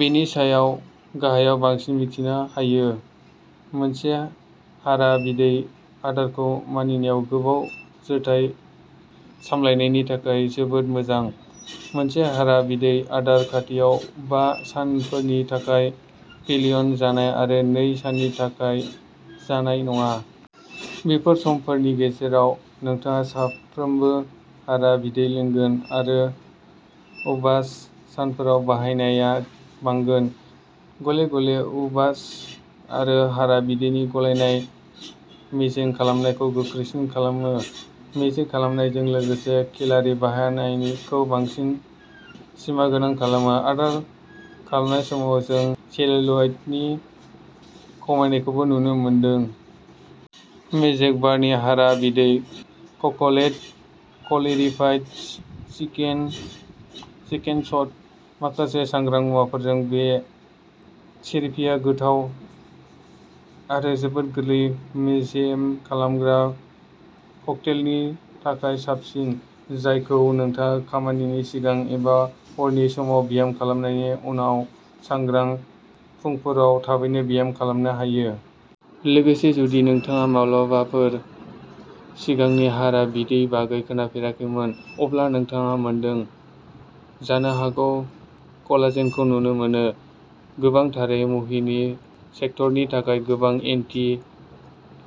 बेनि सायाव गाहायाव बांसिन मिथिनो हायो। मोनसेया हारा बिदै आदारखौ मानिनाया गोबाव जोरथाय सामलायनायनि थाखाय जोबोद मोजां। मोनसे हारा बिदै आदार खान्थियाव बा सानफोरनि थाखाय पेलिय' जानाय आरो नै साननि थाखाय जानाय नङा। बे समफारिनि गेजेराव नोंथाङा सानफ्रोमबो हारा बिदै लोंगोन आरो उपबास सानफोराव बाहायनाया बांगोन। गले गले उपबास आरो हारा बिदैनि गलायनाया मेजेम खामनायखौ गोख्रैसिन खालामो, मेजेम खामनायजों लोगोसे केला'रि बाहायनायखौ सिमा गोनां खालामो। आदार खालामनाय समाव, जों सेल्युलाइटनि खमायनायखौबो नुनो मोनदों। मेजेम बार्निं हारा बिदै ककलेट क्लेरिफाइ चिकिन चिकेन सट। माखासे सांग्रां मुवाफोरजों, बे सिरेपिया गोथाव आरो जोबोद गोरलै मेजेम खामग्रा ककटेलनि थाखाय साबसिन, जायखौ नोंथाङा खामानिनि सिगां एबा हरनि समाव ब्याम खालामनायनि उनाव सांग्रां फुंफोराव थाबैनो ब्याम खालामनो हायो। लोगोसे जुदि नोंथाङा माब्लाबाफोर सिगांनि हारा बिदै बागै खोनाफेराखैमोन, अब्ला नोंथाङा मोनदों। जानो हागौ कलाजेनखौ नुनो मोनो, गोबांथारै मुहिनि सेक्टरनि थाखाय। गोबां एन्टि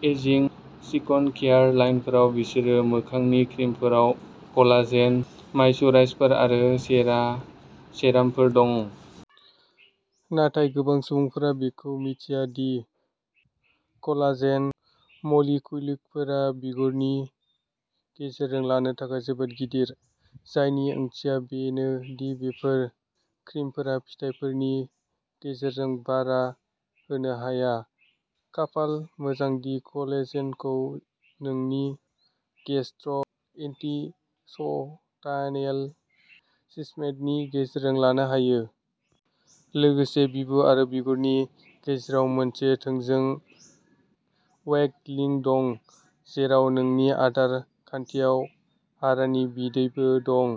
एजिंग स्कन केयार लाइनफोराव बिसोरनि मोखांनि क्रिमफोराव कलाजेन, मइसुराइजारफोर, आरो सेरा सेरामफोर दं। नाथाय गोबां सुबुंफोरा बेखौ मिन्थिया दि कलाजेन मलिक्युलफोरा बिगुरनि गेजेरजों लानो थाखाय जोबोद गिदिर, जायनि ओंथिया बेनो दि बेफोर क्रिमफोरा फिथायफोरनि गेजेरजों बारा होनो हाया। खाफाल मोजां दि कलेजेनखौ नोंनि गेस्ट्र'इन्टिस्टाइनल सिस्मेटनि गेजेरजों लानो हायो। लोगोसे बिबु आरो बिगुरनि गेजेराव मोनसे थोंजों वेब लिंक दं, जेराव नोंनि आदार खान्थियाव हारानि बिदैबो दं,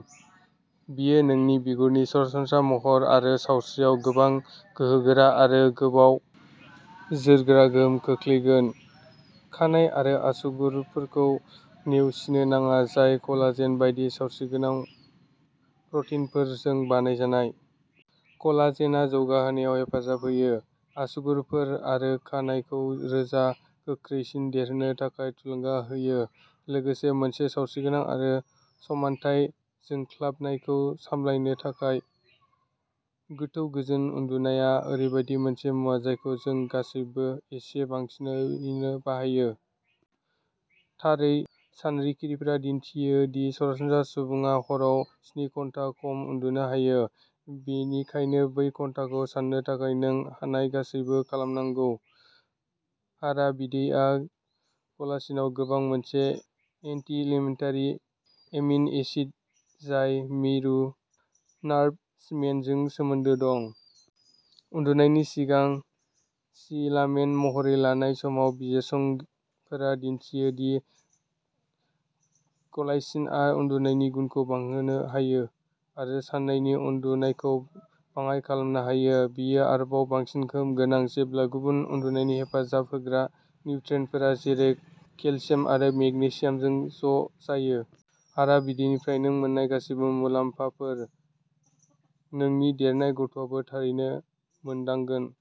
बेयो नोंनि बिगुरनि सरासनस्रा महर आरो सावस्रियाव गोबां गोहोगोरा आरो गोबाव जोरग्रा गोहोम खोख्लैगोन। खानाइ आरो आसुगुरफोरखौ नेवसिनो नाङा, जाय कलाजेन बायदि सावस्रिगोनां प्रटिनफोरजों बानायजानाय। कलाजेनआ जौगाहोनायाव हेफाजाब होयो। आसुगुरफोर, आरो खानायखौ रोजा, गोख्रैसिन देरनो थाखाय थुलुंगा होयो, लोगोसे मोनसे सावस्रिगोनां आरो समानथाय जोंख्लाबनायखौ सामलायनो थाखाय।। गोथौ, गोजोन उन्दुनाया ओरैबायदि मोनसे मुवा जायखौ जों गासैबो एसे बांसिन बाहायनो हायो। थारै, सानरिखिफोरा दिन्थियो दि सरासनस्रा सुबुङा हराव स्नि घन्टानि खम उन्दुनो हायो, बेनिखायनो बै घन्टाफोरखौ साननो थाखाय नों हानाय गासैबो खालामनांगौ। हारा बिदैया ग्लाइसिनआव गोबां, मोनसे एन्टि-इनफ्लेमेटरि एमिन एसिड जाय मिरु नार्भ सिमेन्ट जों सोमोन्दो दं। उन्दुनायनि सिगां सिलामेन्ट महरै लानाय समाव, बिजिरसंफोरा दिन्थियो दि ग्लाइसिनआ उन्दुनायनि गुनखौ बांहोनो हायो आरो सान्नैनि उनदुनायखौ बाङाइ खालामनो हायो। बेयो आरोबाव बांसिन गोहोम गोनां जेब्ला गुबुन उन्दुनायनि हेफाजाब होग्रा निउट्रियेन्टफोर, जेरै केलसियाम आरो मेगनेसियामजों ज'जायो। हारा बिदैनिफ्राय नों मोन्नाय गासैबो मुलाम्फाफोर, नोंनि देरनाय गथ'आबो थारैनो मोनदांगोन।